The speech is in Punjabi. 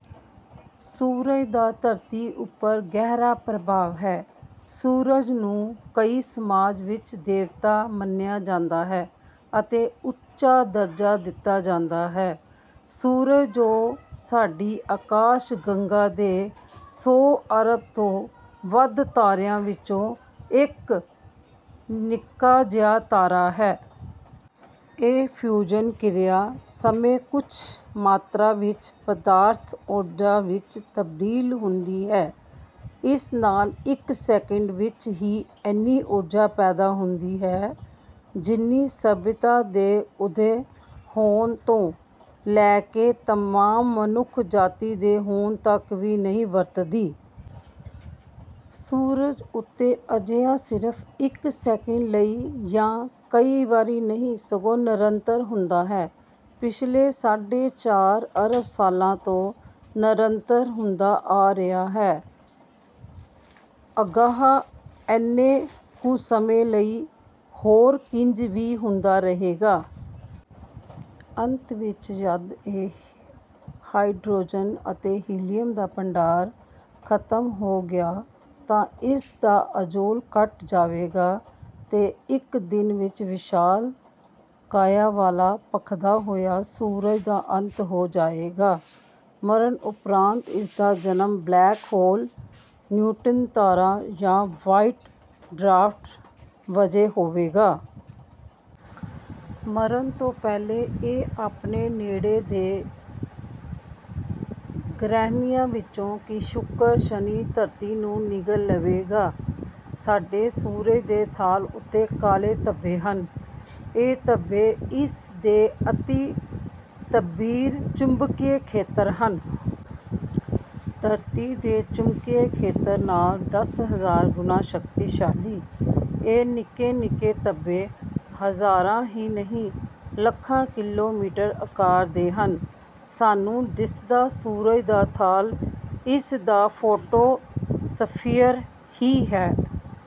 ਸੂਰਜ ਦਾ ਧਰਤੀ ਉਪਰ ਗਹਿਰਾ ਪ੍ਰਭਾਵ ਹੈ, ਸੂਰਜ ਨੂੰ ਕਈ ਸਮਾਜਾਂ ਵਿੱਚ ਦੇਵਤਾ ਮੰਨਿਆ ਜਾਂਦਾ ਹੈ ਅਤੇ ਉੱਚਾ ਦਰਜਾ ਦਿੱਤਾ ਜਾਂਦਾ ਹੈ। ਸੂਰਜ ਜੋ ਸਾਡੀ ਆਕਾਸ਼ਗੰਗਾ ਦੇ ਸੌ ਅਰਬ ਤੋਂ ਵੱਧ ਤਾਰਿਆਂ ਵਿੱਚੋਂ ਇੱਕ ਨਿੱਕਾ ਜਿਹਾ ਤਾਰਾ ਹੈ। ਇਸ ਫਿਊਜ਼ਨ ਕਿਰਿਆ ਸਮੇਂ ਕੁਝ ਮਾਤਰਾ ਵਿੱਚ ਪਦਾਰਥ ਊਰਜਾ ਵਿੱਚ ਤਬਦੀਲ ਹੁੰਦਾ ਹੈ। ਇਸ ਨਾਲ ਇੱਕ ਸਕਿੰਟ ਵਿੱਚ ਹੀ ਇੰਨੀ ਊਰਜਾ ਪੈਦਾ ਹੁੰਦੀ ਹੈ ਜਿੰਨੀ ਸਭਿਅਤਾ ਦੇ ਉਦੈ ਹੋਣ ਤੋਂ ਲੈ ਕੇ ਤਮਾਮ ਮਨੁੱਖ ਜਾਤੀ ਨੇ ਹੁਣ ਤਕ ਵੀ ਨਹੀਂ ਵਰਤੀ। ਸੂਰਜ ਉੱਤੇ ਅਜਿਹਾ ਸਿਰਫ ਇੱਕ ਸਕਿੰਟ ਲਈ ਜਾਂ ਇੱਕ ਵਾਰ ਨਹੀਂ ਸਗੋਂ ਨਿਰੰਤਰ ਹੁੰਦਾ ਹੈ। ਪਿਛਲੇ ਸਾਢੇ ਚਾਰ ਅਰਬ ਸਾਲ ਤੋਂ ਨਿਰੰਤਰ ਹੁੰਦਾ ਆ ਰਿਹਾ ਹੈ। ਅਗਾਂਹ ਇੰਨੇ ਕੁ ਸਮੇਂ ਲਈ ਹੋਰ ਇੰਜ ਹੀ ਹੁੰਦਾ ਰਹੇਗਾ। ਅੰਤ ਵਿੱਚ ਜਦੋਂ ਇਸ 'ਤੇ ਹਾਈਡਰੋਜਨ ਅਤੇ ਹੀਲੀਅਮ ਦਾ ਭੰਡਾਰ ਖ਼ਤਮ ਹੋ ਗਿਆ ਤਾਂ ਇਸ ਦਾ ਜਲੌਅ ਘੱਟ ਜਾਵੇਗਾ ਤੇ ਇੱਕ ਦਿਨ ਇਸ ਵਿਸ਼ਾਲ ਕਾਇਆ ਵਾਲਾ ਭਖਦਾ ਹੋਇਆ ਸੂਰਜ ਦਾ ਅੰਤ ਹੋ ਜਾਵੇਗਾ, ਮਰਨ ਉਪਰੰਤ ਇਸ ਦਾ ਜਨਮ ਬਲੈਕ ਹੋਲ਼, ਨਿਊਟ੍ਰਾਨ ਤਾਰਾ ਜਾਂ ਵਾਈਟ-ਡਵਾਰਫ ਵਜੋਂ ਹੋਵੇਗਾ। ਮਰਨ ਤੋਂ ਪਹਿਲਾਂ ਇਹ ਆਪਣੇ ਨੇੜੇ ਦੇ ਗ੍ਰਹਿਆਂ ਜਿਵੇਂ ਕਿ ਬੁੱਧ, ਸ਼ੁੱਕਰ, ਧਰਤੀ ਨੂੰ ਨਿਗਲ ਲਵੇਗਾ। ਸਾਡੇ ਸੂਰਜ ਦੇ ਥਾਲ ਉੱਤੇ ਕਾਲੇ ਧੱਬੇ ਹਨ। ਇਹ ਧੱਬੇ ਇਸ ਦੇ ਅਤਿ ਤੀਬਰ ਚੁੰਬਕੀ ਖੇਤਰ ਹਨ। ਧਰਤੀ ਦੇ ਚੁੰਬਕੀ ਖੇਤਰ ਨਾਲੋਂ ਦਸ ਹਜ਼ਾਰ ਗੁਣਾ ਸ਼ਕਤੀਸ਼ਾਲੀ। ਇਹ ਨਿੱਕੇ-ਨਿੱਕੇ ਧੱਬੇ ਹਜ਼ਾਰਾਂ ਹੀ ਨਹੀਂ ਲੱਖਾਂ ਕਿਲੋਮੀਟਰ ਆਕਾਰ ਦੇ ਹਨ। ਸਾਨੂੰ ਦਿਸਦਾ ਸੂਰਜ ਦਾ ਥਾਲ ਇਸ ਦਾ ਫੋਟੋਸਫੀਅਰ ਹੀ ਹੈ।